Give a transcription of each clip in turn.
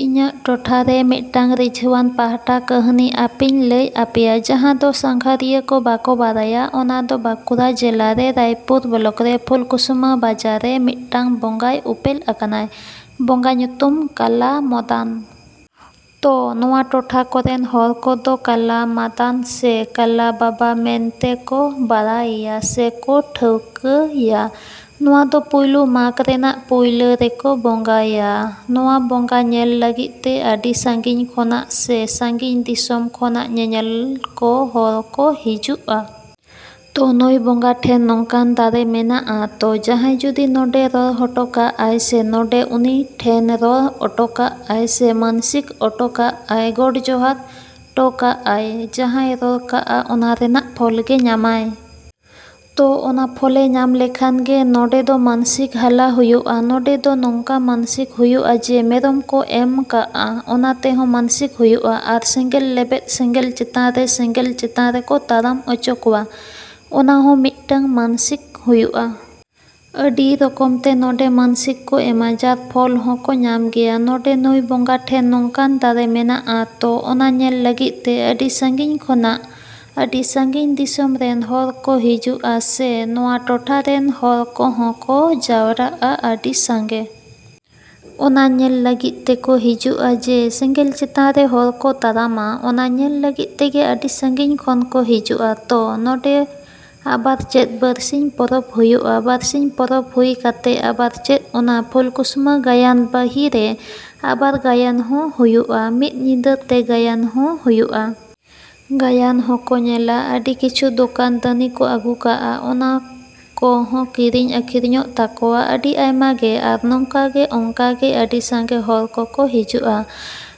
‎ᱤᱧᱟᱹᱜ ᱴᱚᱴᱷᱟ ᱨᱮ ᱢᱤᱫᱴᱟᱝ ᱨᱤᱡᱷᱟᱹᱣᱟᱱ ᱯᱟᱦᱴᱟ ᱠᱟᱹᱦᱱᱤ ᱟᱯᱮᱧ ᱞᱟᱹᱭ ᱟᱯᱮᱭᱟ, ᱡᱟᱦᱟᱸ ᱫᱚ ᱥᱟᱸᱜᱷᱟᱨᱤᱭᱟᱹ ᱠᱚ ᱵᱟᱠᱚ ᱵᱟᱲᱟᱭᱟ ᱚᱱᱟ ᱫᱚ ᱵᱟᱸᱠᱩᱲᱟ ᱡᱮᱞᱟ ᱨᱮ, ᱨᱟᱭᱯᱩᱨ ᱵᱞᱚᱠ ᱨᱮ, ᱯᱷᱩᱞᱠᱩᱥᱢᱟᱹ ᱵᱟᱡᱟᱨ ᱨᱮ ᱢᱤᱫᱴᱟᱹᱝ ᱵᱚᱸᱜᱟᱭ ᱩᱯᱮᱞ ᱟᱠᱟᱱᱟᱭ᱾ ᱵᱚᱸᱜᱟ ᱧᱩᱛᱩᱢ ᱠᱟᱞᱟ ᱢᱚᱫᱟᱱ᱾ ᱛᱚ ᱱᱚᱣᱟ ᱴᱚᱴᱷᱟ ᱠᱚᱨᱮᱱ ᱦᱚᱲ ᱠᱚᱫᱚ ᱠᱟᱞᱟ ᱢᱟᱫᱟᱱ ᱥᱮ ᱠᱟᱞᱟ ᱵᱟᱵᱟ ᱢᱮᱱᱛᱮ ᱠᱚ ᱵᱟᱲᱟᱭᱮᱭᱟ ᱥᱮ ᱠᱚ ᱴᱷᱟᱹᱣᱠᱟᱹᱭᱟ᱾ ᱱᱚᱣᱟ ᱫᱚ ᱯᱩᱭᱞᱟᱹ ᱢᱟᱜᱽ ᱨᱮᱱᱟᱜ ᱯᱩᱭᱞᱟᱹ ᱨᱮᱠᱚ ᱵᱚᱸᱜᱟᱭᱟ ᱱᱚᱣᱟ ᱵᱚᱸᱜᱟ ᱧᱮᱞ ᱞᱟᱹᱜᱤᱫ ᱛᱮ ᱟᱹᱰᱤ ᱥᱟᱺᱜᱤᱧ ᱠᱷᱚᱱᱟᱜ ᱥᱮ ᱥᱟᱺᱜᱤᱧ ᱫᱤᱥᱚᱢ ᱠᱷᱚᱱᱟᱜ ᱧᱮᱧᱮᱞ ᱠᱚ ᱦᱚᱲ ᱠᱚ ᱦᱤᱡᱩᱜᱼᱟ᱾ ᱛᱚ ᱱᱩᱭ ᱵᱚᱸᱜᱟ ᱴᱷᱮᱱ ᱱᱚᱝᱠᱟᱱ ᱫᱟᱲᱮ ᱢᱮᱱᱟᱜᱼᱟ ᱛᱚ ᱡᱟᱦᱟᱸᱭ ᱡᱩᱫᱤ ᱱᱚᱸᱰᱮ ᱨᱚᱲ ᱦᱚᱴᱚ ᱠᱟᱜᱼᱟᱭ ᱥᱮ ᱱᱚᱸᱰᱮ ᱩᱱᱤ ᱴᱷᱮᱱ ᱨᱚᱲ ᱚᱴᱚᱠᱟᱜᱼᱟᱭ ᱥᱮ ᱢᱟᱹᱱᱥᱤᱠ ᱚᱴᱚᱠᱟᱜᱼᱟᱭ, ᱜᱚᱰ ᱡᱚᱦᱟᱨ ᱴᱚᱠᱟᱜᱼᱟᱭ, ᱡᱟᱦᱟᱸᱭ ᱨᱚᱲ ᱠᱟᱜᱼᱟ ᱚᱱᱟ ᱨᱮᱱᱟᱜ ᱯᱷᱚᱞ ᱜᱮ ᱧᱟᱢᱟᱭ᱾ ᱛᱚ ᱚᱱᱟ ᱯᱷᱚᱞ ᱮ ᱧᱟᱢ ᱞᱮᱠᱷᱟᱱ ᱜᱮ ᱱᱚᱸᱰᱮ ᱫᱚ ᱢᱟᱹᱱᱥᱤᱠ ᱦᱟᱞᱟ ᱦᱩᱭᱩᱜᱼᱟ᱾ ᱱᱚᱸᱰᱮ ᱫᱚ ᱱᱚᱝᱠᱟ ᱢᱟᱹᱱᱥᱤᱠ ᱦᱩᱭᱩᱜᱼᱟ ᱡᱮ ᱢᱮᱨᱚᱢ ᱠᱚ ᱮᱢ ᱠᱟᱜᱼᱟ, ᱚᱱᱟ ᱛᱮᱦᱚᱸ ᱢᱟᱹᱱᱥᱤᱠ ᱦᱩᱭᱩᱜᱼᱟ ᱟᱨ ᱥᱮᱸᱜᱮᱞ ᱞᱮᱵᱮᱫ, ᱥᱮᱸᱜᱮᱞ ᱪᱮᱛᱟᱱ ᱨᱮ, ᱥᱮᱸᱜᱮᱞ ᱪᱮᱛᱟᱱ ᱨᱮᱠᱚ ᱛᱟᱲᱟᱢ ᱚᱪᱚ ᱠᱚᱣᱟ, ᱚᱱᱟ ᱦᱚᱸ ᱢᱤᱫᱴᱟᱹᱝ ᱢᱟᱹᱱᱥᱤᱠ ᱦᱩᱭᱩᱜᱼᱟ᱾ ᱟᱹᱰᱤ ᱨᱚᱠᱚᱢ ᱛᱮ ᱱᱚᱸᱰᱮ ᱢᱟᱹᱱᱥᱤᱠ ᱠᱚ ᱮᱢᱟ ᱡᱟᱨ ᱯᱷᱚᱞ ᱦᱚᱸ ᱠᱚ ᱧᱟᱢ ᱜᱮᱭᱟ᱾ ᱱᱚᱸᱰᱮ ᱱᱩᱭ ᱵᱚᱸᱜᱟ ᱴᱷᱮᱱ ᱱᱚᱝᱠᱟᱱ ᱫᱟᱲᱮ ᱢᱮᱱᱟᱜᱼᱟ ᱛᱚ ᱚᱱᱟ ᱧᱮᱞ ᱞᱟᱹᱜᱤᱫ ᱛᱮ ᱟᱹᱰᱤ ᱥᱟᱺᱜᱤᱧ ᱠᱷᱚᱱᱟᱜ ᱟᱹᱰᱤ ᱥᱟᱺᱜᱤᱧ ᱫᱤᱥᱚᱢ ᱨᱮᱱ ᱦᱚᱲ ᱠᱚ ᱦᱤᱡᱩᱜᱼᱟ ᱥᱮ ᱱᱚᱣᱟ ᱴᱚᱴᱷᱟ ᱨᱮᱱ ᱦᱚᱲ ᱠᱚᱦᱚᱸ ᱠᱚ ᱡᱟᱣᱨᱟᱜᱼᱟ ᱟᱹᱰᱤ ᱥᱟᱸᱜᱮ᱾ ᱚᱱᱟ ᱧᱮᱞ ᱞᱟᱹᱜᱤᱫ ᱛᱮ ᱠᱚ ᱦᱤᱡᱩᱜᱼᱟ ᱡᱮ ᱥᱮᱸᱜᱮᱞ ᱪᱮᱛᱟᱱ ᱨᱮ ᱦᱚᱲ ᱠᱚ ᱛᱟᱲᱟᱢᱟ, ᱚᱱᱟ ᱧᱮᱞ ᱞᱟᱹᱜᱤᱫ ᱛᱮᱜᱮ ᱟᱹᱰᱤ ᱥᱟᱺᱜᱤᱧ ᱠᱷᱚᱱ ᱠᱚ ᱦᱤᱡᱩᱜᱼᱟ᱾ ᱛᱚ ᱱᱚᱸᱰᱮ ᱟᱵᱟᱨ ᱪᱮᱫ ᱵᱟᱹᱨᱥᱤᱧ ᱯᱚᱨᱚᱵᱽ ᱦᱩᱭᱩᱜᱼᱟ᱾ ᱵᱟᱹᱨᱥᱤᱧ ᱯᱚᱨᱚᱵᱽ ᱦᱩᱭ ᱠᱟᱛᱮᱜ ᱟᱵᱟᱨ ᱪᱮᱫ ᱚᱱᱟ ᱯᱷᱩᱞᱠᱩᱥᱢᱟᱹ ᱜᱟᱭᱟᱱ ᱵᱟᱹᱦᱤ ᱨᱮ ᱟᱵᱟᱨ ᱜᱟᱭᱟᱱ ᱦᱚᱸ ᱦᱩᱭᱩᱜᱼᱟ, ᱢᱤᱫ ᱧᱤᱫᱟᱹ ᱛᱮ ᱜᱟᱭᱟᱱ ᱦᱚᱸ ᱦᱩᱭᱩᱜᱼᱟ᱾ ᱜᱟᱭᱟᱱ ᱦᱚᱸ ᱠᱚ ᱧᱮᱞᱟ᱾ ᱟᱹᱰᱤ ᱠᱤᱪᱷᱩ ᱫᱚᱠᱟᱱ ᱫᱟᱹᱱᱤ ᱠᱚ ᱟᱹᱜᱩ ᱠᱟᱜᱼᱟ, ᱚᱱᱟ ᱠᱚᱦᱚᱸ ᱠᱤᱨᱤᱧ ᱟᱹᱠᱷᱨᱤᱧᱚᱜ ᱛᱟᱠᱚᱣᱟ ᱟᱹᱰᱤ ᱟᱭᱢᱟ ᱜᱮ᱾ ᱟᱨ ᱱᱚᱝᱠᱟ ᱜᱮ ᱚᱝᱠᱟ ᱜᱮ ᱟᱹᱰᱤ ᱥᱟᱸᱜᱮ ᱦᱚᱲ ᱠᱚ ᱠᱚ ᱦᱤᱡᱩᱜᱼᱟ,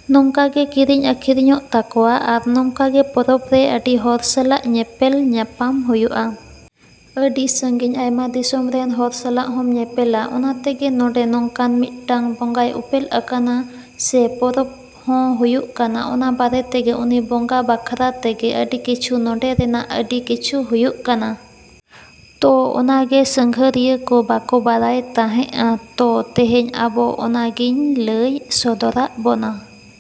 ᱱᱚᱝᱠᱟ ᱜᱮ ᱠᱤᱨᱤᱧ ᱟᱠᱷᱨᱤᱧᱚᱜ ᱛᱟᱠᱚᱣᱟ ᱟᱨ ᱱᱚᱝᱠᱟ ᱜᱮ ᱯᱚᱨᱚᱵᱽ ᱨᱮ ᱟᱹᱰᱤ ᱦᱚᱲ ᱥᱟᱞᱟᱜ ᱧᱮᱯᱮᱞ ᱧᱟᱸᱯᱟᱢ ᱦᱩᱭᱩᱜᱼᱟ᱾ ᱟᱹᱰᱤ ᱥᱟᱺᱜᱤᱧ ᱟᱭᱢᱟ ᱫᱤᱥᱚᱢ ᱨᱮᱱ ᱦᱚᱲ ᱥᱟᱞᱟᱜ ᱦᱚᱢ ᱧᱮᱯᱮᱞᱟ᱾ ᱚᱱᱟᱛᱮᱜᱮ ᱱᱚᱸᱰᱮ ᱱᱚᱝᱠᱟᱱ ᱢᱤᱫᱴᱟᱹᱝ ᱵᱚᱸᱜᱟᱭ ᱩᱯᱮᱞ ᱟᱠᱟᱱᱟ ᱥᱮ ᱯᱚᱨᱚᱵᱽ ᱦᱚᱸ ᱦᱩᱭᱩᱜ ᱠᱟᱱᱟ᱾ ᱚᱱᱟ ᱵᱟᱨᱮ ᱛᱮᱜᱮ ᱩᱱᱤ ᱵᱚᱸᱜᱟ ᱵᱟᱠᱷᱨᱟ ᱛᱮᱜᱮ ᱟᱹᱰᱤ ᱠᱤᱪᱷᱩ ᱱᱚᱸᱰᱮ ᱨᱮᱱᱟᱜ ᱟᱹᱰᱤ ᱠᱤᱪᱷᱩ ᱦᱩᱭᱩᱜ ᱠᱟᱱᱟ᱾ ᱛᱚ ᱚᱱᱟ ᱜᱮ ᱥᱟᱸᱜᱷᱟᱨᱤᱭᱟᱹ ᱠᱚ ᱵᱟᱠᱚ ᱵᱟᱲᱟᱭ ᱛᱟᱦᱮᱸᱜᱼᱟ᱾ ᱛᱚ ᱛᱮᱦᱮᱧ ᱟᱵᱚ ᱚᱱᱟ ᱜᱤᱧ ᱞᱟᱹᱭ ᱥᱚᱫᱚᱨᱟᱜ ᱵᱚᱱᱟ।